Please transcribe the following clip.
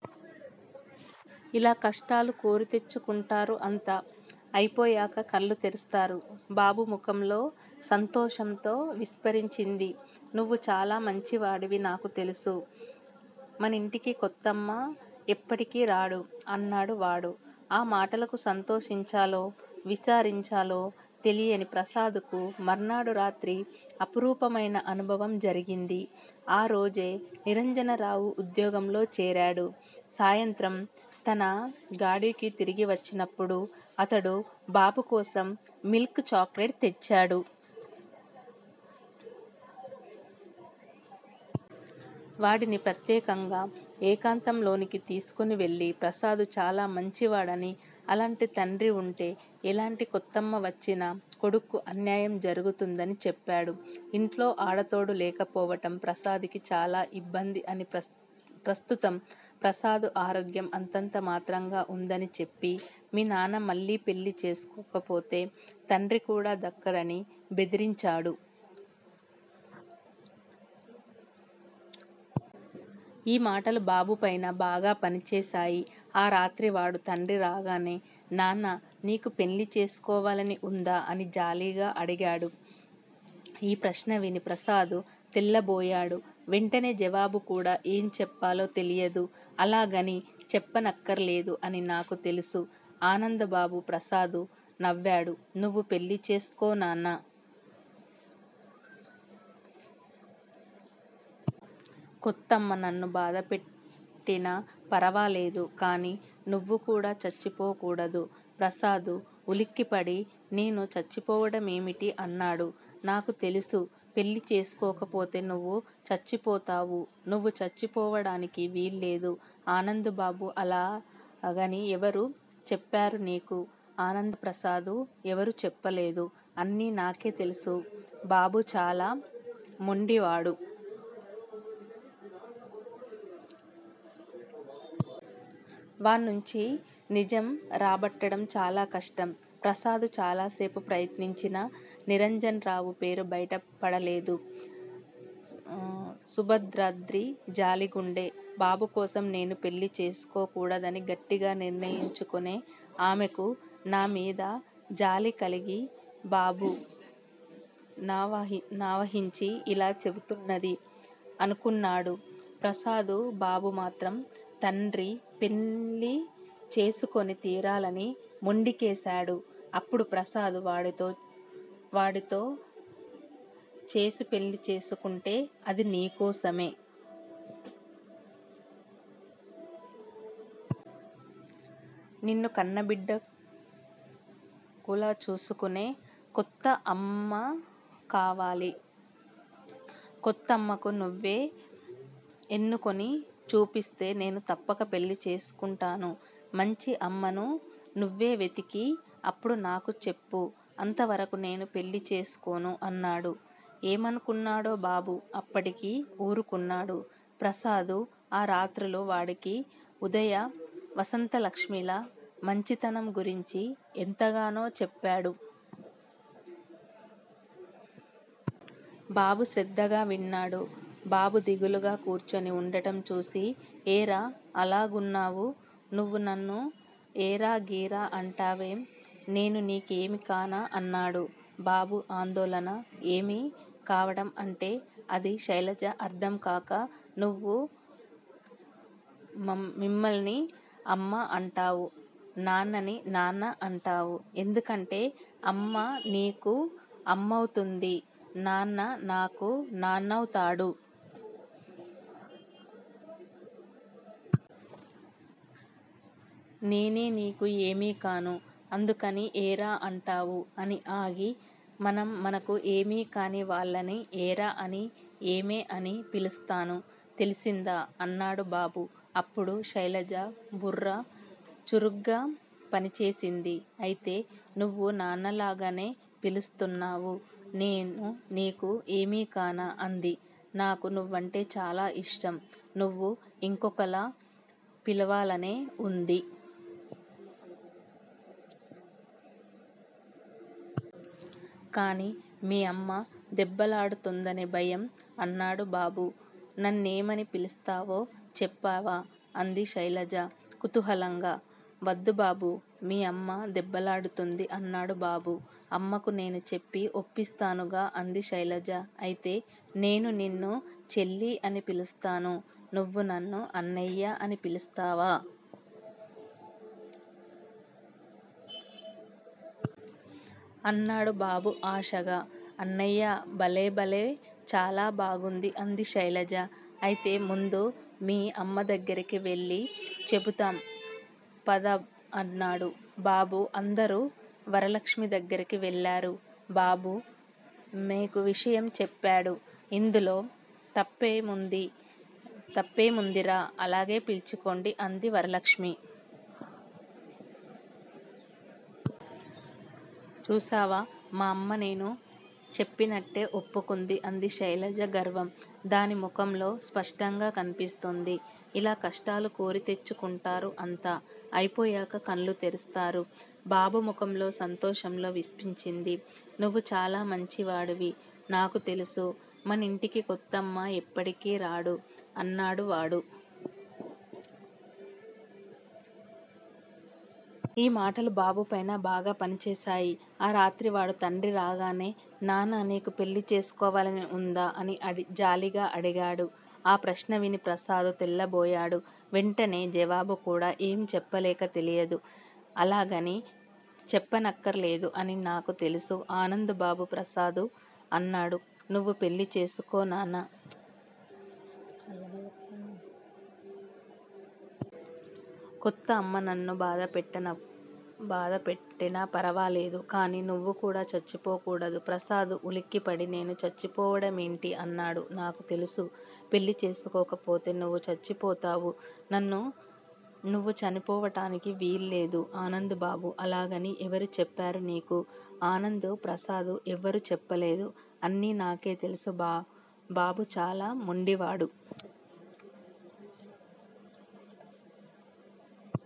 ఇలా కష్టాలు కోరి తెచ్చుకుంటారు అంతా అయిపోయాక కళ్లు తెరుస్తారు. బాబు ముఖంలో సంతోషంతో విస్పారించింది. నువ్వు చాలా మంచివాడివి నాకుతెలుసు. మనింటికి కొత్తమ్మ ఎప్పటికీరాడు అన్నాడువాడు. ఆ మాటలకు సంతోషంచాలో విచారించాలో తెలియని ప్రసాదుకు మర్నాడు రాత్రి అపురూపమైన అనుభవం జరిగింది. ఆ రోజే నిరంజనరావు ఉద్యోగంలో చేరాడు సాయంత్రం తన గాడికి తిరిగివచ్చినపుడు అతడు బాబుకోసం మిల్క్ చాక్లెట్ తెచ్చాడు. వాడిని ప్రత్యేకంగా ఏకాంతంలోనికి తీసుకునివెళ్ళి ప్రసాదుచాలా మంచివాడనీ అలాంటి తండ్రివుంటే ఎలాంటి కొత్తమ్మ వచ్చినా కొడుక్కు అన్యాయం జరుగుదనీ చెప్పాడు ఇంట్లో అడతోడు లేకపోవడం ప్రసాడుకి చాలా ఇమ్బ్బందిఅనీ, ప్రస్తుతం ప్రసాదు ఆరోగ్యం అంతంతమాత్రంగా వున్నదనీ చెప్పి, మీ నాన్న మళ్ళీ పెళ్ళిచేసుకొనక పొతేనీకు తండ్రికూడా దక్కదు అని బెదిరించాడు. ఈ మాటలు బాబుపై బాగాపనిచేశాయి. ఆరాత్రి వాడు తండ్రిరాగానే నాన్న నీకు పెళ్ళిచేసుకోలనివుందా? అని జాలిగా అడిగాడు. ఈప్రష్ణ విని ప్రసాదు తెల్లబోయాడు వెంటనే జవాబుకూడా ఏం చెప్పాలో తెలియదు. అలాగని చెప్పక్కర్లేదు అన్నీ నాకే తెలుసు ఆనందు బాబు. ప్రసాదు నవ్వాడు. నువ్వు పెళ్ళిచేసుకో నాన్నా! కొత్తమ్మ నన్ను బాధలుపెట్టినాఫరవాలేదు. కానీ నువ్వుకూడా చచ్చిపోకూడదు ప్రసాదు ఉలిక్కిపడి నేను చచ్చిపోవడమేమిటి? అన్నాడు. నాకు తెలుసు. పెళ్ళిచేసుకోపోతే నువ్వు చచ్చిపోతావు. నువ్వు చచ్చిపోవడానికి వీల్లేదు ఆనందు బాబు. అలాగని ఎవరు చెప్పర్రా నీకు? ఆనందు ప్రసాదు. ఎవరూ చెప్పలేదు. అన్నీ నాకే తెలుసు బాబు చాలా మెండివాడు. వాణ్ణించి నిజం రాబట్టడం చాలా కష్టం. ప్రసాదు చాలాసేపు ప్రయత్నించినా నిరంజనరావుపేరు బయటపడలేదు. సుభద్రది జాలి గుండె బాబుకోసం నేను పెళ్ళి చేసుకోకూడదని గట్టిగ నిర్ణయించుకునే ఆమెకు నామీద జాలికలిగి బాబునావహించి ఇలా చెబుతున్నది అనుకున్నాడు ప్రసాదు. బాబుమాత్రం తండ్రిపెళ్ళిచేసుకుని తీరాలని మొండికేసాడు అప్పుడు ప్రసాదు వాడితో చేసు పెళ్ళిచేసుకుంటే అదినీకోసమే. నిన్ను కన్నబిడ్డకులా చూసుకునే కొత్తఅమ్మకవాలి. కొత్తమ్మను నువ్వే ఎన్నుకుని చూపిస్తే నేను తప్పక పెళ్ళిచేసుకుంటాను. మంచి అమ్మను నువ్వేవెతికి అప్పుడు నాకుచెప్పు అంతవరకూ నేను పెళ్ళిచేసుకోను అన్నాడు. ఏమనుకున్నాడో బాబు అప్పటికి ఊరుకున్నాడు. ప్రసాదు ఆ రాత్రులూ వాడికి ఉదయ, వసంతలక్ష్మి ల మంచితనం గురించి ఎంతగానో చెప్పాడు. బాబు శ్రద్దగా విన్నాడు. బాబు దిగులుగా కూర్చుని ఉండంచూసి ఏరా అలాగున్నావు? నువ్వునన్ను ఏరాగిరా అంటావేం? నేనునీకేమీ కనా? అన్నాడు. బాబు అదోలా. ఏమీ కావడంఅంటే? అంది శైలజ అర్ధంకాక. నువ్వు మీమ్మని అమ్మాఅంటావు నాన్నని నాన్నా అంటావు ఎందుకంటే అమ్మనీకు అమ్మవుతుంది నాన్ననకు నాన్నవుతాడు. నేనేనీకు ఏమీకాను అందుకని ఏరా అంటావు అనిఆగి మనంమనకు ఏమీకాని వాళ్ళను ఏరా అనీ ఏమే అనీ పిలుస్తాను తెలిసిందా? అన్నాడు బాబు. అప్పుడు శైలజ బుర్ర చురుగ్గా పనిచేసింది అయితే నువ్వూనాన్నలాగే పిలుస్తున్నావు. నేనూనీకు ఏమీకానా? అంది. నాకునువ్వంటే చాలాఇష్టం. నిన్ను ఇంకోలాపిలవాలనే ఉంటుంది. కాని మీ అమ్మదెబ్బలాడుతుందనిభయం __ అన్నాడు బాబు. నన్నేమని పిలుస్తావో చెప్పావా? అంది శైలజ కుతుహాలంగా వద్దుబాబూ మీ అమ్మ దెబ్బలాడుతుంది __ అన్నాడు బాబు. అమ్మకు నేను చెప్పి ఒప్పిస్తానుగా అంది శైలజ. అయితే నేను నిన్ను చేల్లీఅని పిలుస్తాను. నువ్వు నన్ను అన్నయ్యా అని పులుస్తావా? అన్నాడు బాబు ఆశగా. అన్నయ్య __ భలేభలే చాలా బాగుంది. అంది శైలజ. అయితే ముందు మీ అమ్మదగ్గరకు వెళ్ళి చెబుదాం పద బ్ అన్నాడు బాబు. ఇద్దరూ వరలక్ష్మి దగ్గరకు వెళ్ళారు. బాబుమేకు విషయం చెప్పాడు. ఇందులో తప్పేముందిర్రా అలాగే పీల్చుకొండి అంది వరలక్ష్మి. చూశావా __ మా అమ్మ నేను చెప్పినట్లే ఒప్పుకుంది అంది శైలజ గర్వం దాని ముఖంలో స్పష్టంగా కనిపిస్తోంది. ఇలా కష్టాలు కోరి తెచ్చుకుంటారు అంతా అయిపోయాక కళ్లు తెరుస్తారు. బాబు ముఖంలో సంతోషంతో విస్పారించింది. నువ్వు చాలా మంచివాడివి నాకుతెలుసు. మనింటికి కొత్తమ్మ ఎప్పటికీరాడు అన్నాడువాడు. ఈ మాటలు బాబుపై బాగాపనిచేశాయి. ఆరాత్రి వాడు తండ్రిరాగానే నాన్ననీకు పెళ్ళిచేసుకోలనివుందా? అని జాలిగా అడిగాడు. ఈప్రష్ణ విని ప్రసాదు తెల్లబోయాడు వెంటనే జవాబుకూడా ఏం చెప్పాలేక తెలియదు. అలాగని చెప్పక్కర్లేదు అన్నీ నాకే తెలుసు ఆనందు బాబు. ప్రసాదు నవ్వాడు. నువ్వు పెళ్ళిచేసుకో నాన్నా! కొత్తమ్మ నన్ను బాధలుపెట్టినాఫరవాలేదు. కానీ నువ్వుకూడా చచ్చిపోకూడదు ప్రసాదు ఉలిక్కిపడి నేను చచ్చిపోవడమేమిటి? అన్నాడు. నాకు తెలుసు. పెళ్ళిచేసుకోపోతే నువ్వు చచ్చిపోతావు. నువ్వు చచ్చిపోవడానికి వీల్లేదు ఆనందు బాబు. అలాగని ఎవరు చెప్పర్రా నీకు? ఆనందు ప్రసాదు. ఎవరూ చెప్పలేదు. అన్నీ నాకే తెలుసు బాబు చాలా మెండివాడు.